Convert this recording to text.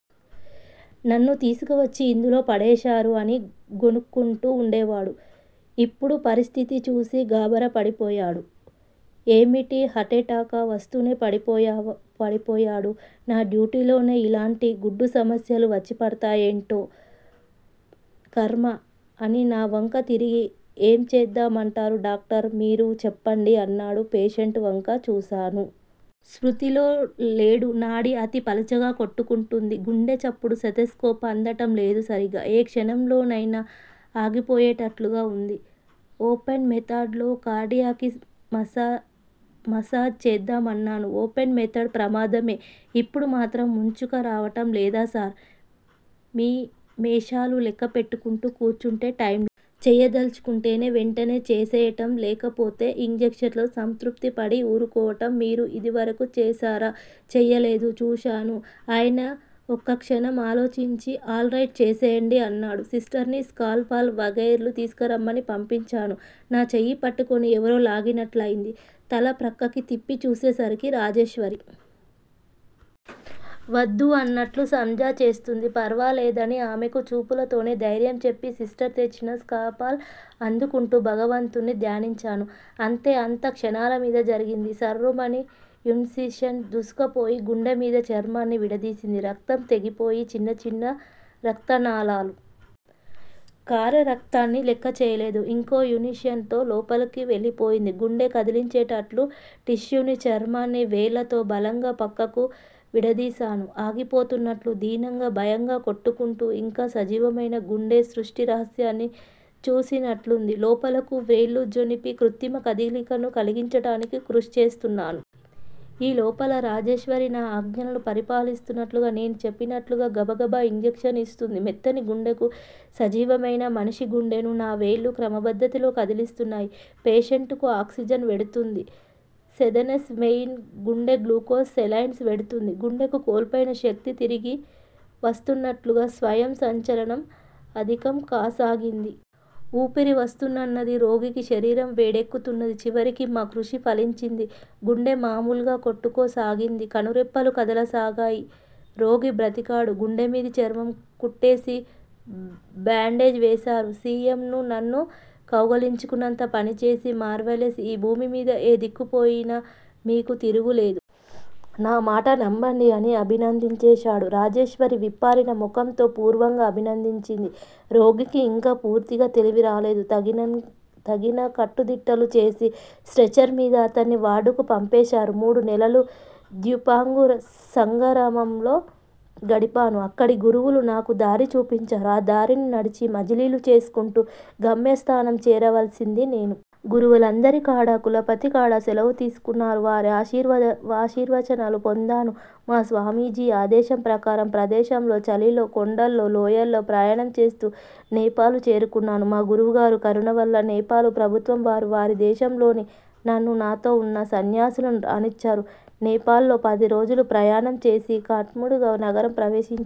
నన్ను తీసుకువచ్చి యిందులో పడేశారు అని గొణుక్కుంటూ ఉండేవాడు. ఇప్పుడు పరిస్థితి చూసి గాభరాపడిపోయాడు. ఏమిటి? హార్టు ఎటాకా? వస్తూనే పడిపోయాడు? నా డ్యూటీలోనే యిలాంటి గడ్డుసమస్యలు వచ్చిపడుతూంటాయేం కర్మ? అని నా వంక తిరిగి ఏం చేద్దాంమంటారు డాక్టర్? మీరు చెప్పండి అన్నాడు. పేషెంటువంక చూశాను. స్మృతిలోలేడు. నాడి అతి పలచగా కొట్టుకుంటోంది. గుండె చప్పుడు స్టెతస్కోప్ అందటం లేదు సరిగ్గా. ఏ క్షణంలోనైనా ఆగిపోయేటట్లుగా ఉంది. ఓపెన్ మెథడ్ లో కార్డియాకి మసాజ్ చేద్దాం అన్నాను. ఓపెన్ మెథడే! ప్రమాదమే. ఇప్పుడు మాత్రం ముంచుకురావటం లేదా సార్? మీనమేషాలు లెక్క పెట్టుకుంటూ కూర్చుంటే టైంలేదు. చెయ్యదలచుకుంటే వెంటనే చేసెయ్యటం, లేకపోతే యింజక్షన్లతో సంతృప్తి పడి ఊరుకోవటం. మీరు యిదివరకు చేశారా? చెయ్యలేదు. చూశాను. ఆయన ఒకక్షణం ఆలోచించి ఆల్ రైట్, చేసెయ్యండి అన్నాడు. సిస్టర్ని స్కాల్ పల్ వగైరాలు తీసుకురమ్మని పంపించాను. నా చెయ్యిపట్టుకుని ఎవరో లాగినట్లయింది. తల ప్రక్కకి త్రిప్పి చూసేసరికి రాజేశ్వరి. వద్దు అన్నట్లు సౌంజ్ఞ చేస్తోంది. పర్వాలే దని ఆమెకు చూపులతోనే ధైర్యం చెప్పి సిస్టర్ తెచ్చిన స్కాల్ పల్ అందుకుంటూ భగవంతుణ్ని ధ్యానించాను. అంతే. అంతా క్షణాలమీద జరిగింది. సర్రుమని యిన్ సిషన్ దూసుకుపోయి, గుండెమీది చర్మాన్ని విడదీసింది. రక్తం, తెగిపోయి చిన్న చిన్న రక్తనాళాలు. కారే రక్తాన్ని లెక్కచెయ్యలేదు. ఇంకో యిన్సిషన్ తో లోపలకు వెళ్ళిపోయింది. గుండె కదిలించేటట్లు టిష్యూనీ, చర్మాన్నీ వ్రేళ్ళతో బలంగా ప్రక్కకు విడదీశాను. ఆగిపోతున్నట్లు, దీనంగా, భయంభయంగా కొట్టుకుంటూ యింకా సజీవమైన గుండె సృష్టిరహస్యాన్ని చూసినట్లయింది. లోపలకు వ్రేళ్ళు జొనిపి కృత్రిమ కదలికను కలిగించటానికి కృషి చేస్తున్నాను. ఈ లోపల రాజేశ్వరి నా ఆజ్ఞలను పరిపాలిస్తున్నట్లుగా. నేను చెప్పినట్లుగా గబగబ యింజక్షన్లిస్తోంది. మెత్తని గుండెను, సజీవమైన మనిషిగుండెను నా వ్రేళ్ళు క్రమపద్ధతిలో కదిలిస్తున్నాయి పేషెంటుకు ఆక్సిజన్ వెడుతోంది. సెదనస్ వెయిన్ గుండా గ్లూకోజ్ సెలైన్ వెడుతోంది. గుండెకు కోల్పోయిన శక్తి తిరిగి వస్తున్నట్లుగా, స్వయం సంచలనం అధికం కాసాగింది. ఊపిరి వస్తునున్నది రోగికి. శరీరం వేడెక్కుతున్నది. చివరికి మా కృషి ఫలించింది. గుండె మామూలుగా కొట్టుకోసాగింది. కనురెప్పలు కదలసాగాయి. రోగి బ్రతికాడు. గుండెమీది చర్మం కుట్టేసి, బాండేజ్ వేసారు. సి. ఎమ్. ను నన్ను కావలించుకున్నంత పనిచేసి మార్వలెస్! ఈ భూమి మీద ఏ దిక్కుకుపోయినా మీకు తిరుగులేదు. నామాట నమ్మండి అని అభినందించేశాడు. రాజేశ్వరి విప్పారిన ముఖంతో మనః పూర్వకంగా అభినందించింది. రోగికి యింకా పూర్తిగా తెలివిరాలేదు. తగిన కట్టుదిట్టాలు చేసి స్ట్రెచర్ మీద అతన్ని వార్డుకు పంపేశాము. మూడు నెలలూ ద్యూపాంగు సంఘరామంలో గడిపాను. అక్కడి గురువులు నాకు దారి చూపించారు. ఆ దారిని నడిచి, మజిలీలు చేసుకుంటూ గమ్యస్థానం చేరవలసింది నేను. గురువులందరికడా, కులపతికడా సెలవు తీసుకున్నాను. వారి ఆశీర్వచనాలు పొందాను. మా స్వామీజీ ఆదేశం ప్రకారం ప్రదేశంలో, చలిలో, ఆ కొండల్లో, లోయల్లో ప్రయాణంచేస్తూ నేపాలు చేరుకున్నాను. మా గురువుగారు కరుణవల్ల నేపాలు ప్రభుత్వంవారు వారి దేశంలోని నన్నూ, నాతో ఉన్న సన్యాసులను రానిచ్చారు. నేపాలులో పదిరోజులు ప్రయాణం చేసి కాట్మాడు నగరం ప్రవేశించాము.